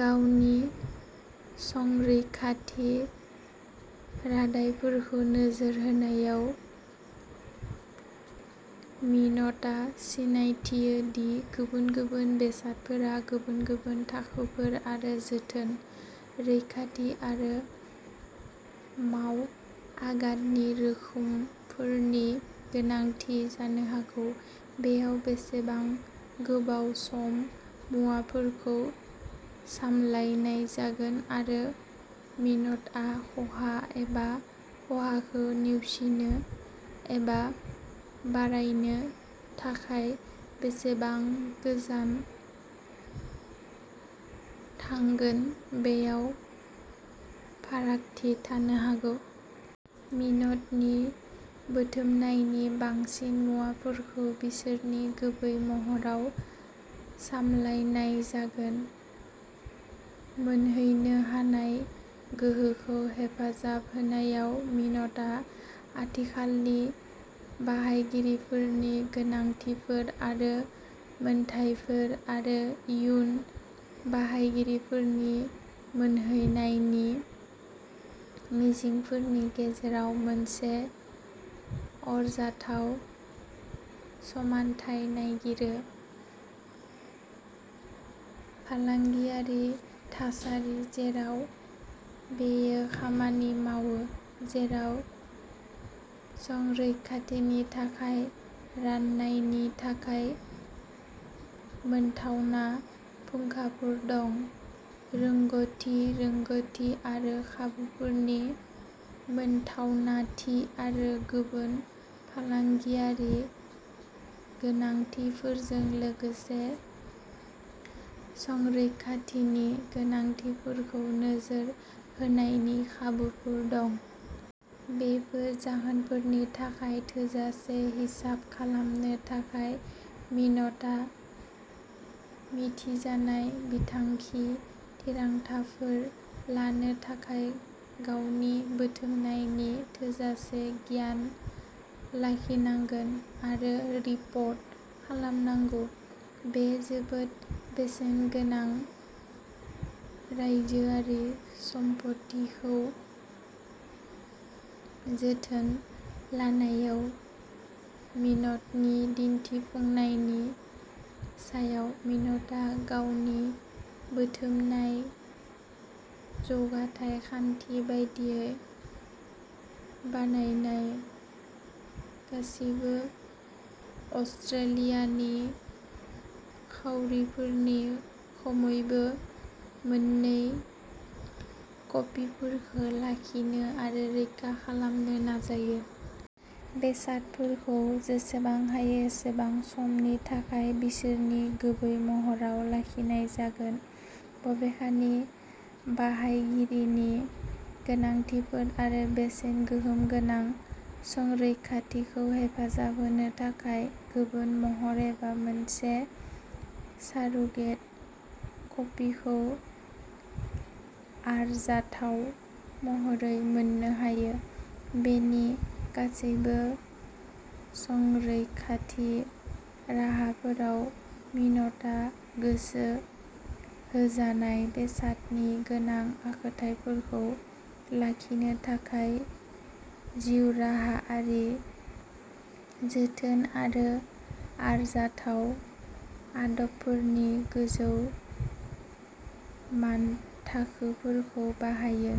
गावनि संरैखाथि रादायफोरखौ नोजोर होनायाव, मिन्टआ सिनायथियो दि गुबुन-गुबुन बेसादफोरा गुबुन-गुबुन थाखोफोर आरो जोथोन, रैखाथि आरो मावआगाननि रोखोमफोरनि गोनांथि जानो हागौ। बेयाव बेसेबां गोबाव सम मुवाफोरखौ सामलायनाय जागोन, आरो मिन्टआ खहा एबा खहाखौ नेवसिनो एबा बारायनो थाखाय बेसेबां गोजान थांगोन, बेयाव फारागथि थानो हागौ। मिन्टनि बुथुमनायनि बांसिन मुवाफोरखौ बिसोरनि गुबै महराव सामलायनाय जागोन। मोनहैनो हानाय गोहोखौ हेफाजाब होनायाव, मिन्टआ आथिखालनि बाहायगिरिफोरनि गोनांथिफोर आरो मोनथायफोर आरो इयुन बाहायगिरिफोरनि मोनहैनायनि मिजिंफोरनि गेजेराव मोनसे आरजाथाव समानथाय नागिरो। फालांगियारि थासारि जेराव बेयो खामानि मावो, जेराव संरैखाथिनि थाखाय राननायनि थाखाय मोनथावना फुंखाफोर दं; रोंग'थि रोंग'थि आरो खाबुफोरनि मोनथावनाथि; आरो गुबुन फालांगियारि गोनांथिफोरजों लोगोसे संरैखाथिनि गोनांथिफोरखौ नोजोर होनायनि खाबुफोर दं। बेफोर जाहोनफोरनि थाखाय थोजासे हिसाब खालामनो थाखाय, मिन्टआ मिथिजानाय बिथांखि थिरांथाफोर लानो थाखाय गावनि बुथुमनायनि थोजासे गियान लाखिनांगोन, आरो रिपर्ट खालामनांगौ। बे जोबोद बेसेन गोनां रायजोआरि सम्फथिखौ जोथोन लानायाव मिन्टनि दिन्थिफुंनायनि सायाव। मिन्टआ गावनि बुथुमनाय जौगाथाय खान्थि बायदियै बानायनाय गासिबो अस्ट्रेलियानि खाउरिफोरनि खमैबो मोननै कपिफोरखौ लाखिनो आरो रैखा खालामनो नाजायो। बेसादफोरखौ जेसेबां हायो एसेबां समनि थाखाय बिसोरनि गुबै महराव लाखिनाय जागोन, बबेखानि बाहायगिरिनि गोनांथिफोर आरो बेसेन-गोहोम गोनां संरैखाथिखौ हेफाजाब होनो थाखाय गुबै महर एबा मोनसे सारोगेट कपिखौ आरजाथाव महरै मोननो हायो। बेनि गासैबो संरैखाथि राहाफोराव, मिन्टआ गोसो होजानाय बेसादनि गोनां आखुथायफोरखौ लाखिनो थाखाय जिउराहायारि जोथोन आरो आरजाथाव आदबफोरनि गोजौ मानथाखोफोरखौ बाहायो।